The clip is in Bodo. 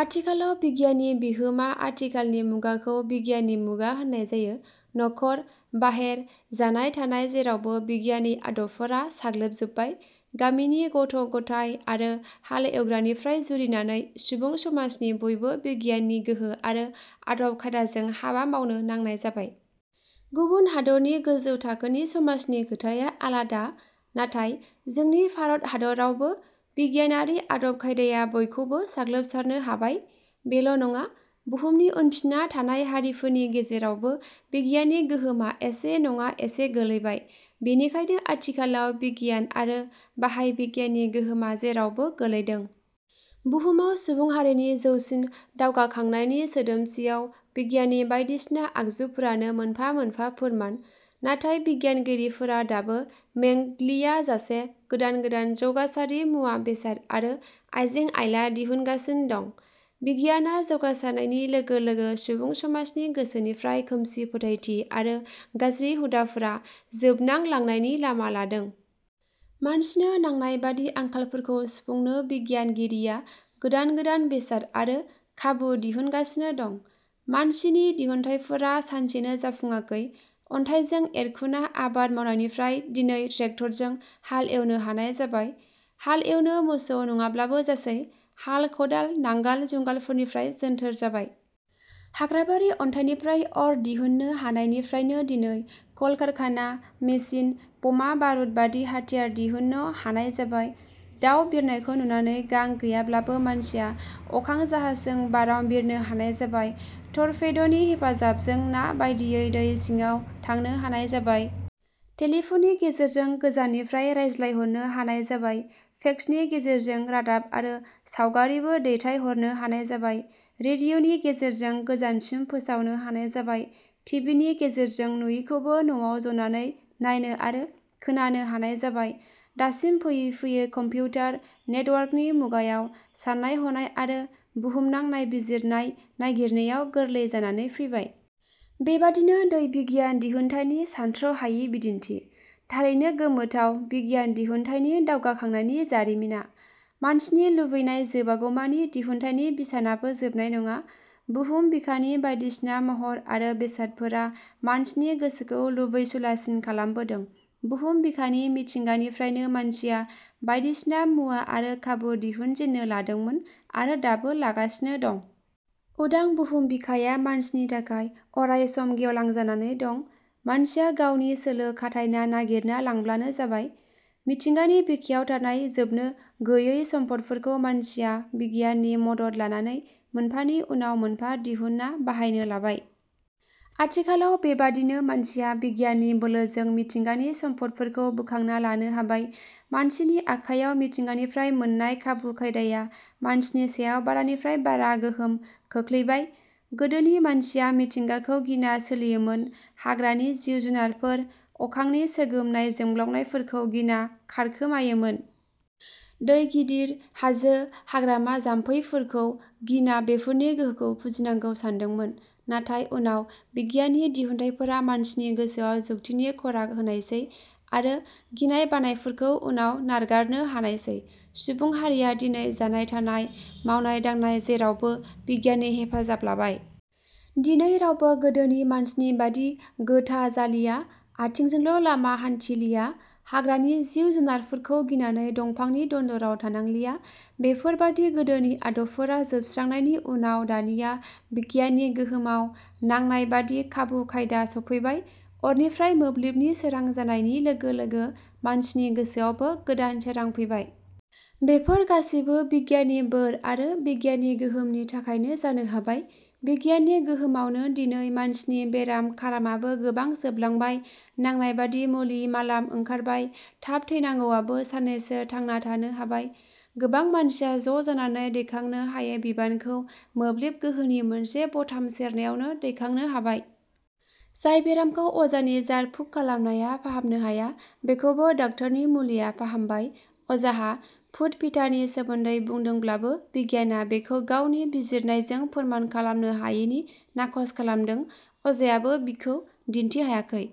आथिखालाव बिगियाननि बिहोमा आथिखालनि मुगाखौ बिगियाननि मुगा होन्नाय जायो। न'खर, बाहेर, जानाय थानाय जेरावबो बिगियाननि आदबफोरा साग्लोबजोबबाय। गामिनि गथ' गथाय आरो हाल एवग्रानिफ्राय जुरिनानै सुबुं समाजनि बयबो बिगियाननि गोहो आरो आदब खायदाजों हाबा मावनो नांनाय जाबाय। गुबुन हादरनि गोजौ थाखोनि समाजनि खोथाया आलादा, नाथाय जोंनि भारत हादरावबो बिगियानारि आदब खायदाया बयखौबो साग्लोबसारनो हाबाय। बेल' नङा, बुहुमनि उनफिन्ना थानाय हारिफोरनि गेजेरावबो बिगियाननि गोहोमा एसे नङा एसे गोलैबाय। बेनिखायनो आथिखालाव बिगियान आरो बाहाय बिगियाननि गोहोमा जेरावबो गोलैदों। बुहुमाव सुबुं हारिनि जौसिन दावगाखांनायनि सोदोमसियाव बिगियाननि बायदिसिना आगजुफोरानो मोनफा मोनफा फोरमान। नाथाय बिगियानगिरिफोरा दाबो _में ग्लियाजासे गोदान गोदान जौगासारि मुवा बेसाद आरो आइजें आइला दिहुनगासिन दं। बिगियाना जौगासारनायनि लोगो लोगो सुबुं समाजनि गोसोनिफ्राय खोमसि फोथायथि आरो गाज्रि हुदाफोरा जोबनांलांनायनि लामा लादों। मानसिनो नांनाय बादि आंखालफोरखौ सुफुंनो बिगियानगिरिया गोदान गोदान बेसाद आरो खाबु दिहुनगासिनो दं। मानसिनि दिहुनथाइफोरा सानसेनो जाफुङाखै। अन्थाइजों एरखुना आबाद मावनायनिफ्राय दिनै ट्रेक्टरजों हाल एवनो हानाय जाबाय। हाल एवनो मोसौ नङाब्लाबो जासै। हाल खदाल नांगाल जुंगालफोरनिफ्राय जोन्थोर जाबाय। हाग्राबारि अन्थाइनिफ्राय अर दिहुन्नो हानायनिफ्रायनो दिनै कल कारखाना, मेसिन, बमा बारुदबादि हाथियार दिहुन्न हानाय जाबाय। दाउ बिरनायखौ नुनानै गां गैयाब्लाबो मानसिया अखां जाहाजजों बाराव बिरनो हानाय जाबाय। टरपेद'नि हेफाजाबजों ना बायदियै दै सिङाव थांनो हानाय जाबाय। टेलिफननि गेजेरजों गोजाननिफ्राय रायज्लायहरनो हानाय जाबाय, फेक्सनि गेजेरजों रादाब आरो सावगारिबो दैथाय हरनो हानाय जाबाय। रेडिअ'नि गेजेरजों गोजानसिम फोसावनो हानाय जाबाय, टिभिनि गेजेरजों नुयिखौबो न'आव जनानै नायनो आरो खोनानो हानाय जाबाय। दासिम फैयै फैयै कम्पिउटार नेटवर्कनि मुगायाव सान्नाय हनाय आरो बुहुमनां नायबिजिरनाय नायगिरनायाव गोरलै जानानै फैबाय। बेबादिनो दै बिगियान दिहुनथाइनि सान्थ्र 'हायि बिदिन्थि। थारैनो गोमोथाव बिगियान दिहुनथाइनि दावगाखांनायनि जारिमिना। मानसिनि लुबैनाय जोबागौमानि दिहुनथाइनि बिसानाबो जोबनाय नङा। बुहुम बिखानि बायदिसिना महर आरो बेसादफोरा मानसिनि गोसोखौ लुबैसुलासिन खालामबोदों। बुहुम बिखानि मिथिंगानिफ्रायनो मानसिया बायदिसिना मुवा आरो खाबु दिहुनजेन्नो लादोंमोन आरो दाबो लागासिनो दं। उदां बुहुम बिखाया मानसिनि थाखाय अराय सम गेवलां जानानै दं। मानसिया गावनि सोलो खाथायना नायगिरना लांब्लानो जाबाय। मिथिंगानि बिखायाव थानाय जोबनो गोयै सम्पदफोरखौ मानसिया बिगियाननि मदद लानानै मोनफानि उनाव मोनफा दिहुन्ना बाहायनो लाबाय। आथिखालाव बेबादिनो मानसिया बिगियाननि बोलोजों मिथिंगानि सम्पदफोरखौ बोखांना लानो हाबाय। मानसिनि आखाइयाव मिथिंगानिफ्राय मोन्नाय खाबु खायदाया मानसिनि सायाव बारानिफ्राय बारा गोहोम खोख्लैबाय। गोदोनि मानसिया मिथिंगाखौ गिना सोलियोमोन। हाग्रानि जिउ जुनारफोर, अखांनि सोगोमनाय जोंब्लाउनायफोरखौ गिना खारखोमायोमोन। दै गिदिर, हाजो, हाग्रामा जाम्फैफोरखौ गिना बेफोरनि गोहोखौ फुजिनांगौ सान्दोंमोन। नाथाय उनाव बिगियाननि दिहुनथाइफोरा मानसिनि गोसोआव जुक्तिनि खराग होनायसै आरो गिनाय बानायफोरखौ उनाव नारगारनो हानायसै। सुबुं हारिया दिनै जानाय थानाय, मावनाय दांनाय जेरावबो बिगियाननि हेफाजाब लाबाय। दिनै रावबो गोदोनि मानसिनि बादि गोथा जालिया, आथिंजोंल' लामा हान्थिलिया, हाग्रानि जिउ जुनारफोरखौ गिनानै दंफांनि दन्दराव थानांलिया। बेफोर बादि गोदोनि आदबफोरा जोबस्रांनायनि उनाव दानिया बिगियाननि गोहोमाव नांनाय बादि खाबु खायदा स'फैबाय। अरनिफ्राय मोब्लिबनि सोरां जानायनि लोगो लोगो मानसिनि गोसोआवबो गोदान सोरां फैबाय। बेफोर गासिबो बिगियाननि बोर आरो बिगियाननि गोहोमनि थाखायनो जानो हाबाय। बिगियाननि गोहोमावनो दिनै मानसिनि बेराम खारामाबो गोबां जोबलांबाय नांनाय बादि मुलि मालाम ओंखारबाय, थाब थैनांगौआबो सान्नैसो थांना थानो हाबाय। गोबां मानसिया ज' जानानै दैखांनो हायै बिबानखौ मोब्लिब गोहोनि मोनसे बथाम सेरनायावनो दैखांनो हाबाय। जाय बेरामखौ अजानि जार फुक खालामनाया फाहामनो हाया बेखौबो डाक्टरनि मुलिया फाहामबाय। अजाहा भुत फेथानि सोमोन्दै बुंदोंब्लाबो बिगियाना बेखौ गावनि बिजिरनायजों फोरमान खालामनो हायिनि नाखस खालामदों। अजायाबो बिखौ दिन्थि हायाखै।